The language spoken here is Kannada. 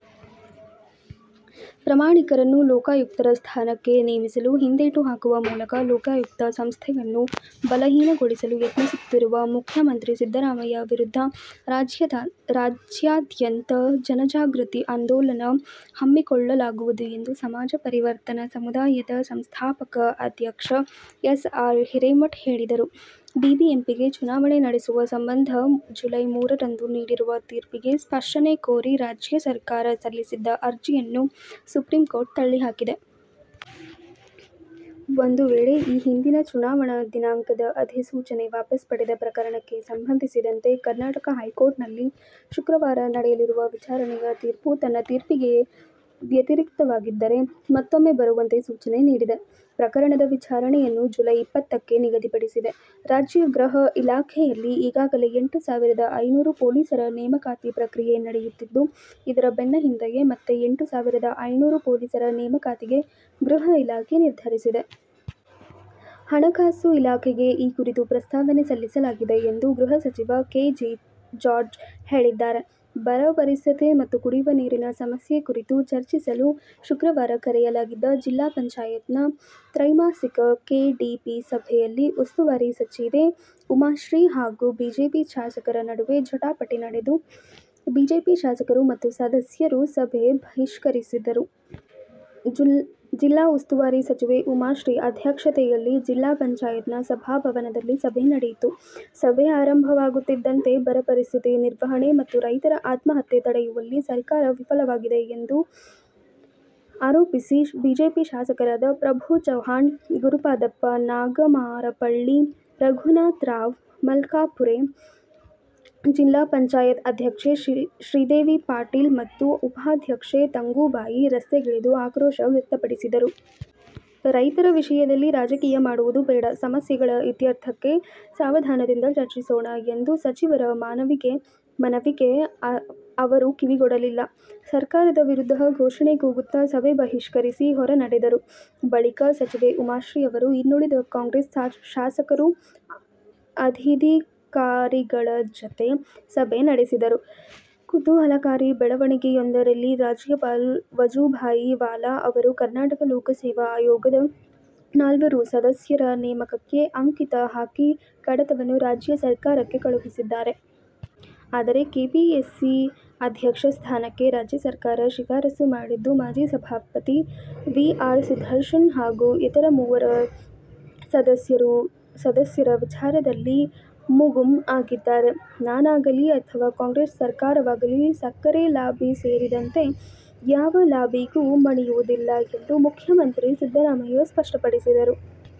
ಪ್ರಾಮಾಣಿಕರನ್ನು ಲೋಕಾಯುಕ್ತರ ಸ್ಥಾನಕ್ಕೆ ನೇಮಿಸಲು ಹಿಂದೇಟು ಹಾಕುವ ಮೂಲಕ ಲೋಕಾಯುಕ್ತ ಸಂಸ್ಥೆಯನ್ನು ಬಲಹೀನಗೊಳಿಸಲು ಯತ್ನಿಸುತ್ತಿರುವ ಮುಖ್ಯಮಂತ್ರಿ ಸಿದ್ದರಾಮಯ್ಯ ವಿರುದ್ಧ ರಾಜ್ಯಾದ್ಯಂತ ಜನಜಾಗೃತಿ ಆಂದೋಲನ ಹಮ್ಮಿಕೊಳ್ಳಲಾಗುವುದು ಎಂದು ಸಮಾಜ ಪರಿವರ್ತನ ಸಮುದಾಯದ ಸಂಸ್ಥಾಪಕ ಅಧ್ಯಕ್ಷ ಎಸ್. ಆರ್. ಹಿರೇಮಠ ಹೇಳಿದರು. ಬಿಬಿಎಂಪಿಗೆ ಚುನಾವಣೆ ನಡೆಸುವ ಸಂಬಂಧ ಜುಲೈ ಮೂರರಂದು ನೀಡಿರುವ ತೀರ್ಪಿಗೆ ಸ್ಪಷ್ಟನೆ ಕೋರಿ ರಾಜ್ಯ ಸರ್ಕಾರ ಸಲ್ಲಿಸಿದ್ದ ಅರ್ಜಿಯನ್ನು ಸುಪ್ರೀಂಕೋರ್ಟ್ ತಳ್ಳಿಹಾಕಿದೆ. ಒಂದು ವೇಳೆ, ಈ ಹಿಂದಿನ ಚುನಾವಣಾ ದಿನಾಂಕದ ಅಧಿಸೂಚನೆ ವಾಪಸ್ ಪಡೆದ ಪ್ರಕರಣಕ್ಕೆ ಸಂಬಂಧಿಸಿದಂತೆ ಕರ್ನಾಟಕ ಹೈಕೋರ್ಟ್ನಲ್ಲಿ ಶುಕ್ರವಾರ ನಡೆಯಲಿರುವ ವಿಚಾರಣೆಯ ತೀರ್ಪು ತನ್ನ ತೀರ್ಪಿಗೆ ವ್ಯತಿರಿಕ್ತವಾಗಿದ್ದರೆ ಮತ್ತೂಮ್ಮೆ ಬರುವಂತೆ ಸೂಚನೆ ನೀಡಿದೆ. ಪ್ರಕರಣದ ವಿಚಾರಣೆಯನ್ನು ಜುಲೈ ಇಪ್ಪತ್ತಕ್ಕೆ ನಿಗದಿಪಡಿಸಿದೆ. ರಾಜ್ಯ ಗೃಹ ಇಲಾಖೆಯಲ್ಲಿ ಈಗಾಗಲೇ ಎಂಟು ಸಾವಿರದ ಐನೂರು ಪೊಲೀಸರ ನೇಮಕಾತಿ ಪ್ರಕ್ರಿಯೆ ನಡೆಯುತ್ತಿದ್ದು, ಇದರ ಬೆನ್ನ ಹಿಂದೆಯೇ ಮತ್ತೆ ಎಂಟು ಸಾವಿರದ ಐನೂರು ಪೊಲೀಸರ ನೇಮಕಾತಿಗೆ ಗೃಹ ಇಲಾಖೆ ನಿರ್ಧರಿಸಿದೆ. ಹಣಕಾಸು ಇಲಾಖೆಗೆ ಈ ಕುರಿತು ಪ್ರಸ್ತಾವನೆ ಸಲ್ಲಿಸಲಾಗಿದೆ ಎಂದು ಗೃಹ ಸಚಿವ ಕೆ. ಜೆ. ಜಾರ್ಜ್ ಹೇಳಿದ್ದಾರೆ. ಬರ ಪರಿಸ್ಥಿತಿ ಮತ್ತು ಕುಡಿಯುವ ನೀರಿನ ಸಮಸ್ಯೆ ಕುರಿತು ಚರ್ಚಿಸಲು ಶುಕ್ರವಾರ ಕರೆಯಲಾಗಿದ್ದ ಜಿಲ್ಲಾ ಪಂಚಾಯತ್ ನ ತ್ತೈಮಾಸಿಕ ಕೆಡಿಪಿ ಸಭೆಯಲ್ಲಿ ಉಸ್ತುವಾರಿ ಸಚಿವೆ ಉಮಾಶ್ರೀ ಹಾಗೂ ಬಿಜೆಪಿ ಶಾಸಕರ ನಡುವೆ ಜಟಾಪಟಿ ನಡೆದು, ಬಿಜೆಪಿ ಶಾಸಕರು ಮತ್ತು ಸದಸ್ಯರು ಸಭೆ ಬಹಿಷ್ಕರಿಸಿದರು. ಜಿಲ್ಲಾ ಉಸ್ತುವಾರಿ ಸಚಿವೆ ಉಮಾಶ್ರೀ ಅಧ್ಯಕ್ಷತೆಯಲ್ಲಿ ಜಿಲ್ಲಾ ಪಂಚಯತ್ ನ ಸಭಾಭವನದಲ್ಲಿ ಸಭೆ ನಡೆಯಿತು. ಸಭೆ ಆರಂಭವಾಗುತ್ತಿದ್ದಂತೆ ಬರ ಪರಿಸ್ಥಿತಿ ನಿರ್ವಹಣೆ ಮತ್ತು ರೈತರ ಆತ್ಮಹತ್ಯೆ ತಡೆಯುವಲ್ಲಿ ಸರ್ಕಾರ ವಿಫಲವಾಗಿದೆ ಎಂದು ಆರೋಪಿಸಿ ಬಿಜೆಪಿ ಶಾಸಕರಾದ ಪ್ರಭು ಚವ್ಹಾಣ, ಗುರುಪಾದಪ್ಪ ನಾಗಮಾರಪಳ್ಳಿ, ರಘುನಾಥರಾವ್ ಮಲ್ಕಾಪುರೆ, ಜಿಲ್ಲಾ ಪಂಚಾಯತ್ ಅಧ್ಯಕ್ಷೆ ಶ್ರೀದೇವಿ ಪಾಟೀಲ ಮತ್ತು ಉಪಾಧ್ಯಕ್ಷೆ ತಂಗುಬಾಯಿ ರಸ್ತೆಗಿಳಿದು ಆಕ್ರೋಶ ವ್ಯಕ್ತಪಡಿಸಿದರು. ರೈತರ ವಿಷಯದಲ್ಲಿ ರಾಜಕೀಯ ಮಾಡುವುದು ಬೇಡ, ಸಮಸ್ಯೆಗಳ ಇತ್ಯರ್ಥಕ್ಕೆ ಸಾವಧಾನದಿಂದ ಚರ್ಚಿಸೋಣ ಎಂಬ ಸಚಿವರ ಮನವಿಗೆ ಅವರು ಕಿವಿಗೊಡಲಿಲ್ಲ. ಸರ್ಕಾರದ ವಿರುದ್ಧ ಘೋಷಣೆ ಕೂಗುತ್ತಾ, ಸಭೆ ಬಹಿಷ್ಕರಿಸಿ, ಹೊರನಡೆದರು. ಬಳಿಕ, ಸಚಿವೆ ಉಮಾಶ್ರೀ ಅವರು, ಇನ್ನುಳಿದ ಕಾಂಗ್ರೆಸ್ ಶಾಸಕರು, ಅಧಿಧಿಕಾರಿಗಳ ಜತೆ ಸಭೆ ನಡೆಸಿದರು. ಕುತೂಹಲಕಾರಿ ಬೆಳವಣಿಗೆಯೋಂದರಲ್ಲಿ ರಾಜ್ಯಪಾಲ ವಜುಭಾಯಿ ವಾಲಾ ಅವರು ಕರ್ನಾಟಕ ಲೋಕಸೇವಾ ಆಯೋಗದ ನಾಲ್ವರು ಸದಸ್ಯರ ನೇಮಕಕ್ಕೆ ಅಂಕಿತ ಹಾಕಿ ಕಡತವನ್ನು ರಾಜ್ಯ ಸರ್ಕಾರಕ್ಕೆ ಕಳುಹಿಸಿದ್ದಾರೆ. ಆದರೆ, ಕೆಪಿಎಸ್ಸಿ ಅಧ್ಯಕ್ಷ ಸ್ಥಾನಕ್ಕೆ ರಾಜ್ಯ ಸರ್ಕಾರ ಶಿಫಾರಸು ಮಾಡಿದ್ದ ಮಾಜಿ ಸಭಾಪತಿ ವಿ. ಆರ್. ಸುದರ್ಶನ್ ಹಾಗೂ ಇತರ ಮೂವರು ಸದಸ್ಯರ ವಿಚಾರದಲ್ಲಿ ಮುಗುಂ ಆಗಿದ್ದಾರೆ. ನಾನಾಗಲಿ ಅಥವಾ ಕಾಂಗ್ರೆಸ್ ಸರ್ಕಾರವಾಗಲಿ ಸಕ್ಕರೆ ಲಾಬಿ ಸೇರಿದಂತೆ ಯಾವ ಲಾಬಿಗೂ ಮಣಿಯುವುದಿಲ್ಲ ಎಂದು ಮುಖ್ಯಮಂತ್ರಿ ಸಿದ್ದರಾಮಯ್ಯ ಸ್ಪಷ್ಟಪಡಿಸಿದರು.